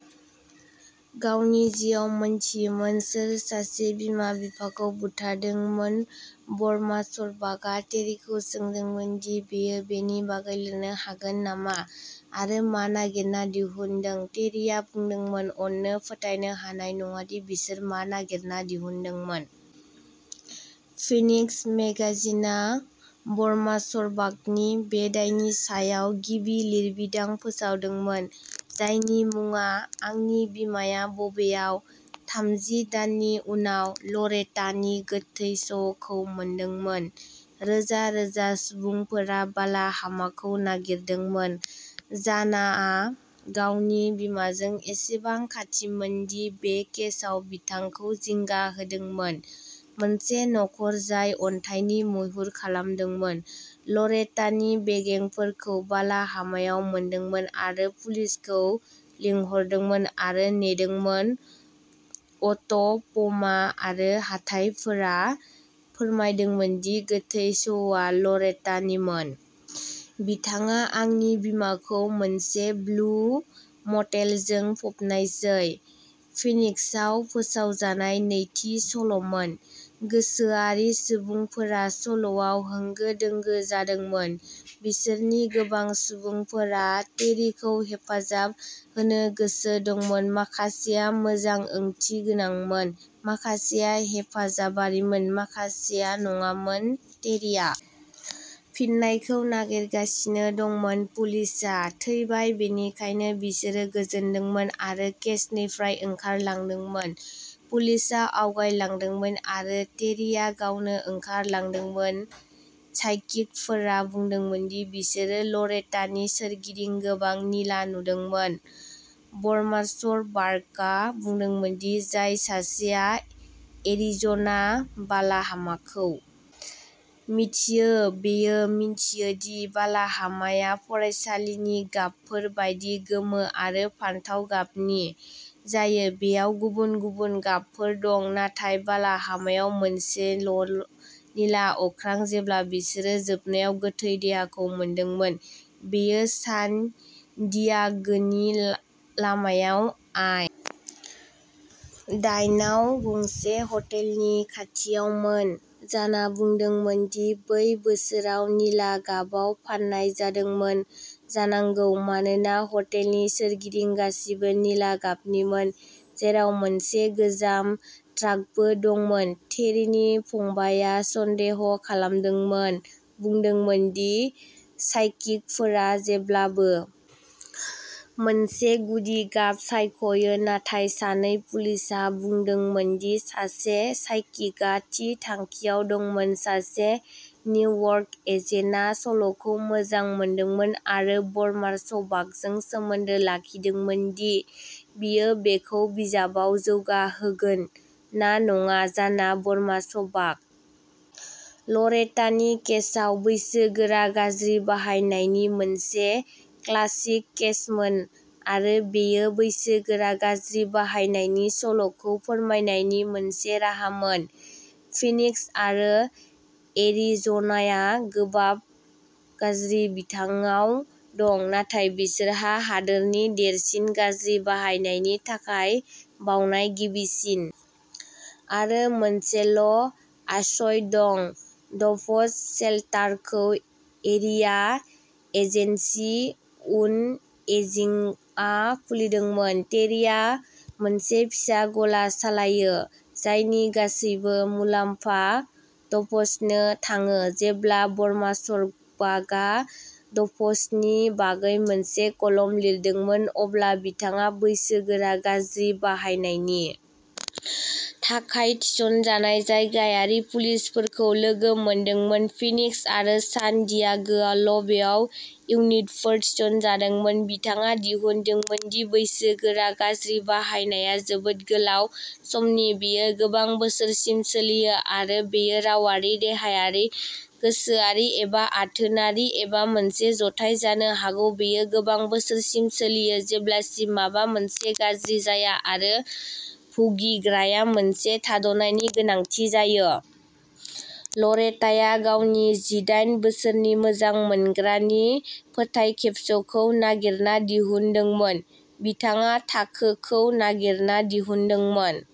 गावनि जिउआव मोनथियोमोन सोर सासे बिमा बिफाखौ बुथारदोंमोन ब'म्मार्सबाखआ टेर्रिखौ सोंदोंमोन दि बियो बेनि बागै लिरनो हागोन नामा आरो मा नागिरना दिहुनदों टेर्रिआ बुंदोंमोन अ'नों फोथायनो हानाय नङा दि बिसोर मा नागिरना दिहुनदों फिनिक्स मेगाजिनआ ब'म्मार्सबाखनि बे दायनि सायाव गिबि लिरबिदां फोसावदोंमोन जायनि मुङा आंनि बिमाआ बबेयाव थामजि दाननि उनाव लरेटानि गोथै सह'खौ मोनदोंमोन रोजा रोजा सुबुंफोरा बालाहामाखौ नागिरदोंमोन जानाआ गावनि बिमाजों एसेबां खाथिमोन दि बे केसआ बिथांखौ जिंगा होदोंमोन मोनसे नखर जाय अन्थाइनि मैहुर खालामदोंमोन लरेटानि बेगेंफोरखौ बालाहामायाव मोनदोंमोन आरो पुलिसखौ लिंहरदोंमोन आरो नेदोंमोन अट'प'मा आरो हाथाइफोरा फोरमायदोंमोन दि गोथै सह'आ लरेटानिमोन। बिथाङा आंनि बिमाखौ मोनसे ब्लु मटेलजों फबनायसै फिनिक्सआव फोसावजानाय नैथि सल'मोन गोसोआरि सुबुंफोरा सल'आव होंगो दोंगो जादोंमोन बिसोरनि गोबां सुबुंफोरा टेर्रिखौ हेफाजाब होनो गोसो दंमोन माखासेया मोजां ओंथिगोनांमोन माखासेया हेफाजाबारिमोन माखासेया नङामोन टेर्रिआ फिननायखौ नागिरगासिनो दंमोन पुलिसआ थैबाय बेनिखायनो बिसोरो गोजोनदोंमोन आरो केसनिफ्राय ओंखारलांदोंमोन पुलिसआ आवगायलांदोंमोन आरो टेरिआ गावनो ओंखारलांदोंमोन साइकिकफोरा बुंदोंमोन दि बिसोरो लरेटानि सोरगिदिं गोबां निला नुदोंमोन ब'म्मार्सबाकआ बुंदोंमोन दि जाय सासेआ एरिज'ना बालाहामाखौ मिथियो बियो मिन्थियो दि बालाहामाया फरायसालिनि गाबफोर बायदि गोमो आरो फान्थाव गाबनि जायो बेयाव गुबुन गुबुन गाबफोर दं नाथाय बालाहामायाव मोनसेल'निला अख्रां जेब्ला बिसोरो जोबनायाव गोथै देहाखौ मोनदोंमोन बेयो सान डियागोनि लामायाव आइ दाइन आव गंसे हटेलनि खाथियावमोन जाना बुंदोंमोन दि बै बोसोराव निला गाबआव फाननाय जादोंमोन जानांगौ मानोना हटेलनि सोरगिदिं गासैबो निला गाबनिमोन जेराव मोनसे गोजाम ट्राकबो दंमोन टेर्रीनि फंबायआ सन्देह'खालामदोंमोन बुंदोंमोन दि साइकिकफोरा जेब्लाबो मोनसे गुदि गाब सायख'यो नाथाय सानै पुलिसआ बुंदोंमोन दि सासे साइकिकआ थि थांखियाव दंमोन सासे निउयर्क एजेन्टआ सल'खौ मोजां मोनदोंमोन आरो ब'म्मार्सबाकजों सोमोन्दो लाखिदोंमोन दि बियो बेखौ बिजाबआव जौगाहोगोन ना नङा जाना ब'म्मार्सबाक लरेटानि केसआ बैसोगोरा गाज्रि बाहायनायनि मोनसे क्लासिक केसमोन आरो बेयो बैसोगोरा गाज्रि बाहायनायनि सल'खौ फोरमायनायनि मोनसे राहामोन फिनिक्स आरो एरिज'नाया गोबां गाज्रि बिथिङाव दं नाथाय बिसोरहा हादोरनि देरसिन गाज्रि बाहायनायनि थाखाय बावनाय गिबिसिन आरो मोनसेल' आश्रय दं ड'भ्स शेल्टरखौ एरिया एजेन्सि अन एजिंगआ खुलिदोंमोन टेरीआ मोनसे फिसा गला सालायो जायनि गासैबो मुलाम्फाया ड'भ्सनो थाङो जेब्ला ब'म्मार्सबाकआ ड'भ्सनि बागै मोनसे कलम लिरदोंमोन अब्ला बिथाङा बैसोगोरा गाज्रि बाहायनायनि थाखाय थिसनजानाय जायगायारि पुलिसफोरखौ लोगो मोनदोंमोन फिनिक्स आरो सान डियागोआल'बेयाव इउनिटफोर थिसनजादोंमोन बिथाङा दिहुनदोंमोन दि बैसोगोरा गाज्रि बाहायनाया जोबोद गोलाव समनि बेयो गोबां बोसोरसिम सोलियो आरो बेयो रावारि देहायारि गोसोआरि एबा आथोनारि एबा मोनसे जथाय जानो हागौ बेयो गोबां बोसोरसिम सोलियो जेब्लासिम माबा मोनसे गाज्रि जाया आरो भुगिग्राया मोनसे थाद'नायनि गोनांथि जायो। लरेटाया गावनि जिदाइन बोसोरनि मोजां मोनग्रानि फोथायखेबस'खौ नागिरना दिहुनदोंमोन बिथाङा थाखोखौ नागिरना दिहुनदोंमोन।